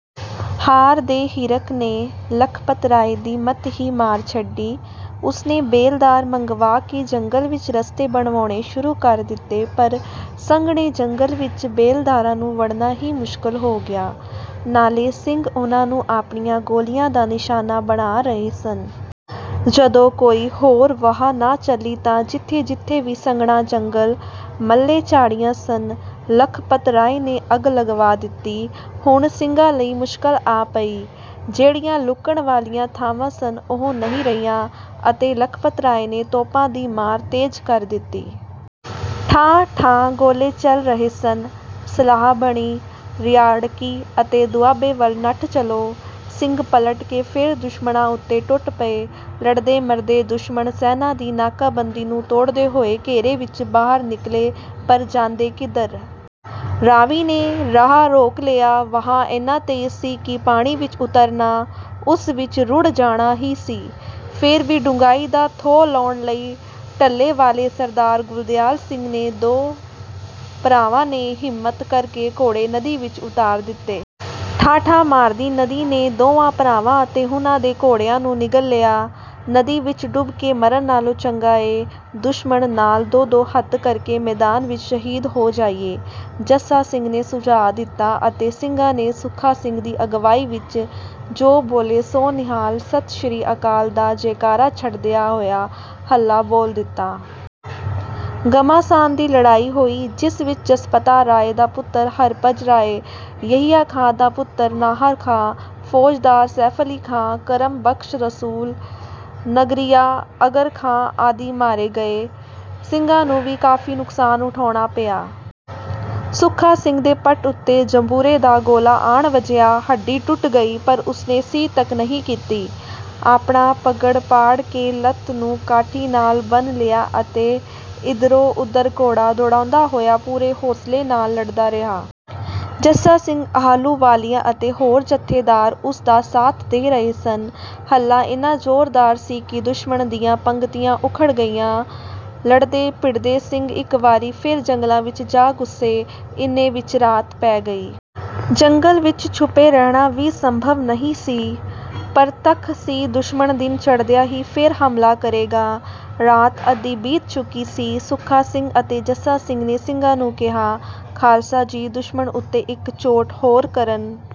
ਹਾਰ ਦੇ ਹਿਰਖ ਨੇ ਲਖਪਤ ਰਾਏ ਦੀ ਮੱਤ ਹੀ ਮਾਰ ਛੱਡੀ। ਉਸਨੇ ਬੇਲਦਾਰ ਮੰਗਵਾ ਕੇ ਜੰਗਲ ਵਿੱਚ ਰਸਤੇ ਬਣਵਾਉਣੇ ਸ਼ੁਰੂ ਕਰ ਦਿੱਤੇ ਪਰ ਸੰਘਣੇ ਜੰਗਲ ਵਿੱਚ ਬੇਲਦਾਰਾਂ ਨੂੰ ਵੜਨਾ ਹੀ ਮੁਸ਼ਕਲ ਹੋ ਗਿਆ, ਨਾਲੇ ਸਿੰਘ ਉਹਨਾਂ ਨੂੰ ਆਪਣੀਆਂ ਗੋਲੀਆਂ ਦਾ ਨਿਸ਼ਾਨਾ ਬਣਾ ਰਹੇ ਸਨ। ਜਦੋਂ ਕੋਈ ਹੋਰ ਵਾਹ ਨਾ ਚੱਲੀ ਤਾਂ ਜਿੱਥੇ-ਜਿੱਥੇ ਵੀ ਸੰਘਣਾ ਜੰਗਲ, ਮਲ੍ਹੇ-ਝਾੜੀਆਂ ਸਨ, ਲਖਪਤ ਰਾਏ ਨੇ ਅੱਗ ਲਗਵਾ ਦਿੱਤੀ। ਹੁਣ ਸਿੰਘਾਂ ਲਈ ਮੁਸ਼ਕਲ ਆ ਪਈ। ਜਿਹੜੀਆਂ ਲੁਕਣ ਵਾਲੀਆਂ ਥਾਵਾਂ ਸਨ ਉਹ ਨਹੀਂ ਰਹੀਆਂ ਅਤੇ ਲਖਪਤ ਰਾਏ ਨੇ ਤੋਪਾਂ ਦੀ ਮਾਰ ਤੇਜ਼ ਕਰ ਦਿੱਤੀ। ਠਾਹ-ਠਾਹ ਗੋਲੇ ਚੱਲ ਰਹੇ ਸਨ। ਸਲਾਹ ਬਣੀ, "ਰਿਆੜਕੀ ਅਤੇ ਦੁਆਬੇ ਵੱਲ ਨੱਠ ਚੱਲੋ।" ਸਿੰਘ ਪਲਟ ਕੇ ਫੇਰ ਦੁਸ਼ਮਣਾਂ ਉੱਤੇ ਟੁੱਟ ਪਏ। ਲੜਦੇ-ਮਰਦੇ ਦੁਸ਼ਮਣ ਸੈਨਾਂ ਦੀ ਨਾਕਾਬੰਦੀ ਨੂੰ ਤੋੜਦੇ ਹੋਏ ਘੇਰੇ ਵਿੱਚੋਂ ਬਾਹਰ ਨਿਕਲੇ ਪਰ ਜਾਂਦੇ ਕਿੱਧਰ? ਰਾਵੀ ਨੇ ਰਾਹ ਰੋਕ ਲਿਆ। ਵਹਾਅ ਇੰਨਾ ਤੇਜ਼ ਸੀ ਕਿ ਪਾਣੀ ਵਿੱਚ ਉਤਰਨਾ, ਉਸ ਵਿੱਚ ਰੁੜ੍ਹ ਜਾਣਾ ਹੀ ਸੀ। ਫੇਰ ਵੀ ਡੂੰਘਾਈ ਦਾ ਥੋਹ ਲਾਉਣ ਲਈ ਡੱਲੇਵਾਲੇ ਸਰਦਾਰ ਗੁਰਦਿਆਲ ਸਿੰਘ ਦੇ ਦੋ ਭਰਾਵਾਂ ਨੇ ਹਿੰਮਤ ਕਰਕੇ ਘੋੜੇ ਨਦੀ ਵਿੱਚ ਉਤਾਰ ਦਿੱਤੇ। ਠਾਠਾਂ ਮਾਰਦੀ ਨਦੀ ਨੇ ਦੋਵਾਂ ਭਰਾਵਾਂ ਅਤੇ ਉਹਨਾਂ ਦੇ ਘੋੜਿਆਂ ਨੂੰ ਨਿਗਲ ਲਿਆ। "ਨਦੀ ਵਿੱਚ ਡੁੱਬ ਕੇ ਮਰਨ ਨਾਲੋਂ ਚੰਗਾ ਏ, ਦੁਸ਼ਮਣ ਨਾਲ ਦੋ-ਦੋ ਹੱਥ ਕਰਕੇ ਮੈਦਾਨ ਵਿੱਚ ਸ਼ਹੀਦ ਹੋ ਜਾਈਏ।" ਜੱਸਾ ਸਿੰਘ ਨੇ ਸੁਝਾਅ ਦਿੱਤਾ ਅਤੇ ਸਿੰਘਾਂ ਨੇ ਸੁੱਖਾ ਸਿੰਘ ਦੀ ਅਗਵਾਈ ਵਿੱਚ, 'ਜੋ ਬੋਲੇ ਸੋ ਨਿਹਾਲ, ਸਤਿ ਸ੍ਰੀ ਅਕਾਲ' ਦਾ ਜੈਕਾਰਾ ਛੱਡਦਿਆਂ ਹੋਇਆਂ ਹੱਲਾ ਬੋਲ ਦਿੱਤਾ। ਘਮਾਸਾਨ ਦੀ ਲੜਾਈ ਹੋਈ, ਜਿਸ ਵਿੱਚ ਜਸਪਤਾ ਰਾਏ ਦਾ ਪੁੱਤਰ ਹਰਭਜ ਰਾਏ, ਯਹੀਆ ਖਾਂ ਦਾ ਪੁੱਤਰ ਨਾਹਰ ਖਾਂ, ਫੌਜਦਾਰ ਸੈਫ਼ਅਲੀ ਖਾਂ, ਕਰਮ ਬਖ਼ਸ਼ ਰਸੂਲ ਨਗਰੀਆ, ਅਗਰ ਖਾਂ ਆਦਿ ਮਾਰੇ ਗਏ। ਸਿੰਘਾਂ ਨੂੰ ਵੀ ਕਾਫੀ ਨੁਕਸਾਨ ਉਠਾਉਣਾ ਪਿਆ। ਸੁੱਖਾ ਸਿੰਘ ਦੇ ਪੱਟ ਉੱਤੇ ਜੰਬੂਰੇ ਦਾ ਗੋਲਾ ਆਣ ਵੱਜਿਆ। ਹੱਡੀ ਟੁੱਟ ਗਈ, ਪਰ ਉਸਨੇ 'ਸੀ' ਤੱਕ ਨਹੀਂ ਕੀਤੀ। ਆਪਣਾ ਪੱਗੜ ਪਾੜ ਕੇ ਲੱਤ ਨੂੰ ਕਾਠੀ ਨਾਲ ਬੰਨ੍ਹ ਲਿਆ ਅਤੇ ਇਧਰੋਂ-ਉਧਰ ਘੋੜਾ ਦੌੜਾਉਂਦਾ ਹੋਇਆ ਪੂਰੇ ਹੌਂਸਲੇ ਨਾਲ ਲੜਦਾ ਰਿਹਾ। ਜੱਸਾ ਸਿੰਘ ਆਹਲੂਵਾਲੀਆ ਅਤੇ ਹੋਰ ਜੱਥੇਦਾਰ ਉਸਦਾ ਸਾਥ ਦੇ ਰਹੇ ਸਨ। ਹੱਲਾ ਇੰਨਾ ਜ਼ੋਰਦਾਰ ਸੀ ਕਿ ਦੁਸ਼ਮਣ ਦੀਆਂ ਪੰਗਤੀਆਂ ਉਖੜ ਗਈਆਂ। ਲੜਦੇ-ਭਿੜਦੇ ਸਿੰਘ ਇੱਕ ਵਾਰੀ ਫੇਰ ਜੰਗਲਾਂ ਵਿੱਚ ਜਾ ਘੁਸੇ। ਇੰਨੇ ਵਿੱਚ ਰਾਤ ਪੈ ਗਈ। ਜੰਗਲ ਵਿੱਚ ਛੁਪੇ ਰਹਿਣਾ ਵੀ ਸੰਭਵ ਨਹੀਂ ਸੀ। ਪਰਤੱਖ ਸੀ ਦੁਸ਼ਮਣ ਦਿਨ ਚੜ੍ਹਦਿਆਂ ਹੀ ਫੇਰ ਹਮਲਾ ਕਰੇਗਾ। ਰਾਤ ਅੱਧੀ ਬੀਤ ਚੁੱਕੀ ਸੀ। ਸੁੱਖਾ ਸਿੰਘ ਅਤੇ ਜੱਸਾ ਸਿੰਘ ਨੇ ਸਿੰਘਾਂ ਨੂੰ ਕਿਹਾ, "ਖਾਲਸਾ ਜੀ, ਦੁਸ਼ਮਣ ਉੱਤੇ ਇੱਕ ਚੋਟ ਹੋਰ ਕਰਨ